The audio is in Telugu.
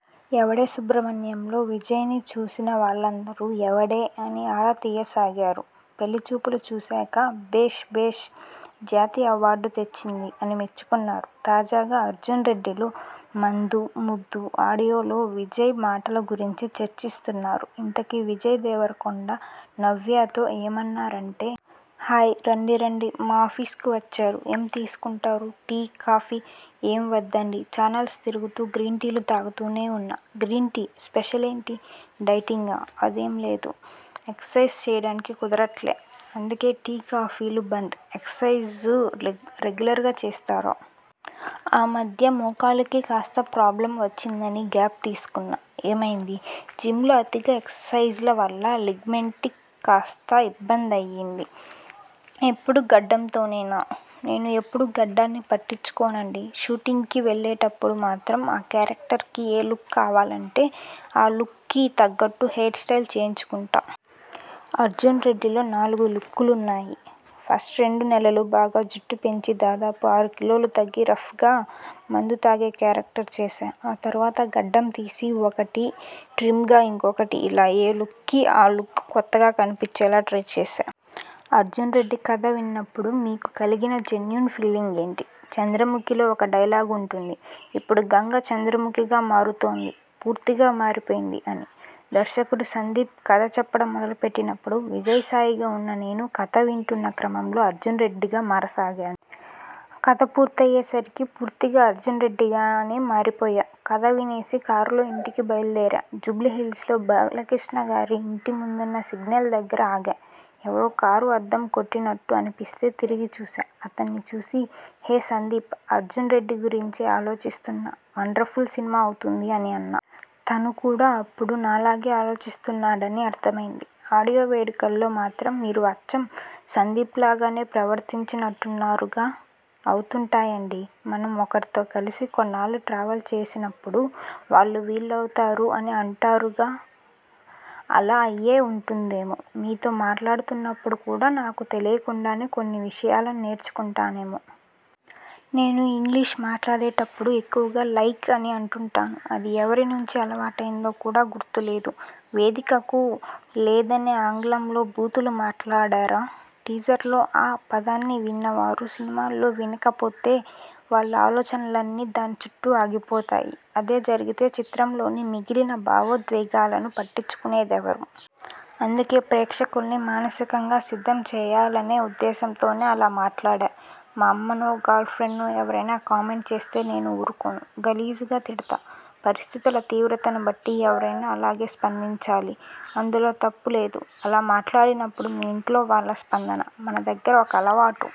ఎవడే సుబ్రమణ్యం'లో విజయ్ని చూసిన వాళ్లందరూ 'ఎవడే? ' అని ఆరా తీయసాగారు.. 'పెళ్లిచూపులు' చూశాక.. 'భేష్.. భేష్.. జాతీయ అవార్డు తెచ్చింది' అని మెచ్చుకున్నారు. తాజాగా.. 'అర్జున్ రెడ్డి'లో మందు, ముద్దు, ఆడియోలో విజయ్ మాటల గురించి చర్చిస్తున్నారు..! ఇంతకీ విజయ్ దేవరకొండ 'నవ్య'తో ఏమన్నారంటే..! హాయ్.. రండి రండి.. మా ఆఫీస్కి వచ్చారు.. ఏం తీసుకుంటారు? Tea.. coffee..? ఏమీ వద్దండి. ఛానెల్స్ తిరుగుతూ గ్రీన్టీలు తాగుతూనే ఉన్నా. గ్రీన్ టీ స్పెషల్ ఏంటి? డైటింగా? అదేం లేదు. ఎక్సర్సైజ్ చేయడానికి కుదరట్లే. అందుకే టీ, కాఫీలు బంద్. ఎక్సర్సైజ్లు రెగ్యులర్గా చేస్తారా? ఆ మధ్య మోకాలుకి కాస్త ప్రాబ్లమ్ వచ్చిందని గ్యాప్ తీసుకున్నా. ఏమైంది? జిమ్లో అతిగా ఎక్సర్సైజ్ల వల్ల లిగ్మెంట్కి కాస్త ఇబ్బందయింది. ఎప్పుడూ గడ్డంతోనేనా?. నేను ఎప్పుడూ గడ్డాన్ని పట్టించుకోనండీ. షూటింగ్కి వెళ్లేటప్పుడు మాత్రం ఆ కేరక్టర్కి ఏ లుక్ కావాలంటే ఆ లుక్కి తగ్గట్టు హెయిర్ స్టైల్ చేయించుకుంటా. 'అర్జున్రెడ్డి'లో నాలుగు లుక్కులున్నాయి. ఫస్ట్ రెండు నెలలు బాగా జుట్టు పెంచి, దాదాపు ఆరు కిలోలు తగ్గి రఫ్గా మందు తాగే కేరక్టర్ చేశా. ఆ తర్వాత గడ్డం తీసి ఒకటి, ట్రిమ్గా ఇంకోటి.. ఇలా ఏ లుక్కి ఆ లుక్ కొత్తగా కనిపించేలా ట్రై చేశా. 'అర్జున్రెడ్డి' కథ విన్నప్పుడు మీకు కలిగిన జెన్యూన్ ఫీలింగ్ ఏంటి? 'చంద్రముఖి'లో ఒక డైలాగ్ ఉంటుంది'ఇప్పుడు గంగ చంద్రముఖిగా మారుతోంది.. పూర్తిగా మారిపోయింది.. ' అని! దర్శకుడు సందీప్ కథ చెప్పడం మొదలుపెట్టినప్పుడు విజయ్ సాయిగా ఉన్న నేను కథ వింటున్న క్రమంలో అర్జున్రెడ్డిగా మారసాగాను. కథ పూర్తయ్యే సరికి పూర్తిగా 'అర్జున్రెడ్డి'గానే మారిపోయా. కథ వినేసి కారులో ఇంటికి బయలుదేరా. జూబ్లీహిల్స్లో బాలకృష్ణగారి ఇంటి ముందున్న సిగ్నల్ దగ్గర ఆగా. ఎవరో కారు అద్దం కొట్టినట్టు అనిపిస్తే తిరిగి చూశా. అతన్ని చూసి 'హేయ్ సందీప్.. అర్జున్రెడ్డి గురించే ఆలోచిస్తున్నా. వండర్ఫుల్ సినిమా అవుతుంది' అని అన్నా. తను కూడా అప్పుడు నాలాగే ఆలోచిస్తున్నాడని అర్థమైంది. ఆడియో వేడుకలో మాత్రం మీరు అచ్చం సందీప్లాగానే ప్రవర్తించినట్టున్నారుగా? అవుతుంటాయండీ.. మనం ఒకరితో కలిసి కొన్నాళ్లు ట్రావెల్ చేసినప్పుడు వాళ్లు వీళ్లవుతారు అని అంటుంటారుగాఅలా అయ్యే ఉంటుందేమో. మీతో మాట్లాడుతున్నప్పుడు కూడా నాకు తెలియకుండానే కొన్ని విషయాలను నేర్చుకుంటానేమో. నేను ఇంగ్లిష్ మాట్లాడేటప్పుడు ఎక్కువగా 'లైక్' అని అంటుంటాను. అది ఎవరి నుంచి అలవాటైందో కూడా గుర్తులేదు. వేదికకు లేదనే ఆంగ్లంలో బూతులు మాట్లాడారా? టీజర్లో 'ఆ' పదాన్ని విన్న వారు సినిమాలో వినక పోతేవాళ్ల ఆలోచనలన్నీ దాని చుట్టూ ఆగిపోతాయి. అదే జరిగితే చిత్రంలోని మిగిలిన భావోద్వేగాలను పట్టించుకునేదెవరు? అందుకే ప్రేక్షకుల్ని మానసికంగా సిద్ధం చేయాలనే ఉద్దేశంతోనే అలా మాట్లాడా. మా అమ్మనో, గర్ల్ఫ్రెండ్నో ఎవరైనా కామెంట్ చేస్తే నేను ఊరుకోను. గలీజుగ తిడ్తా. పరిస్థితుల తీవ్రతను బట్టి ఎవరైనా అలాగే స్పందించాలి. అందులో తప్పు లేదు. అలా మాట్లాడినప్పుడు మీ ఇంట్లో వాళ్ల స్పందన? మన దగ్గర ఒక అలవాటు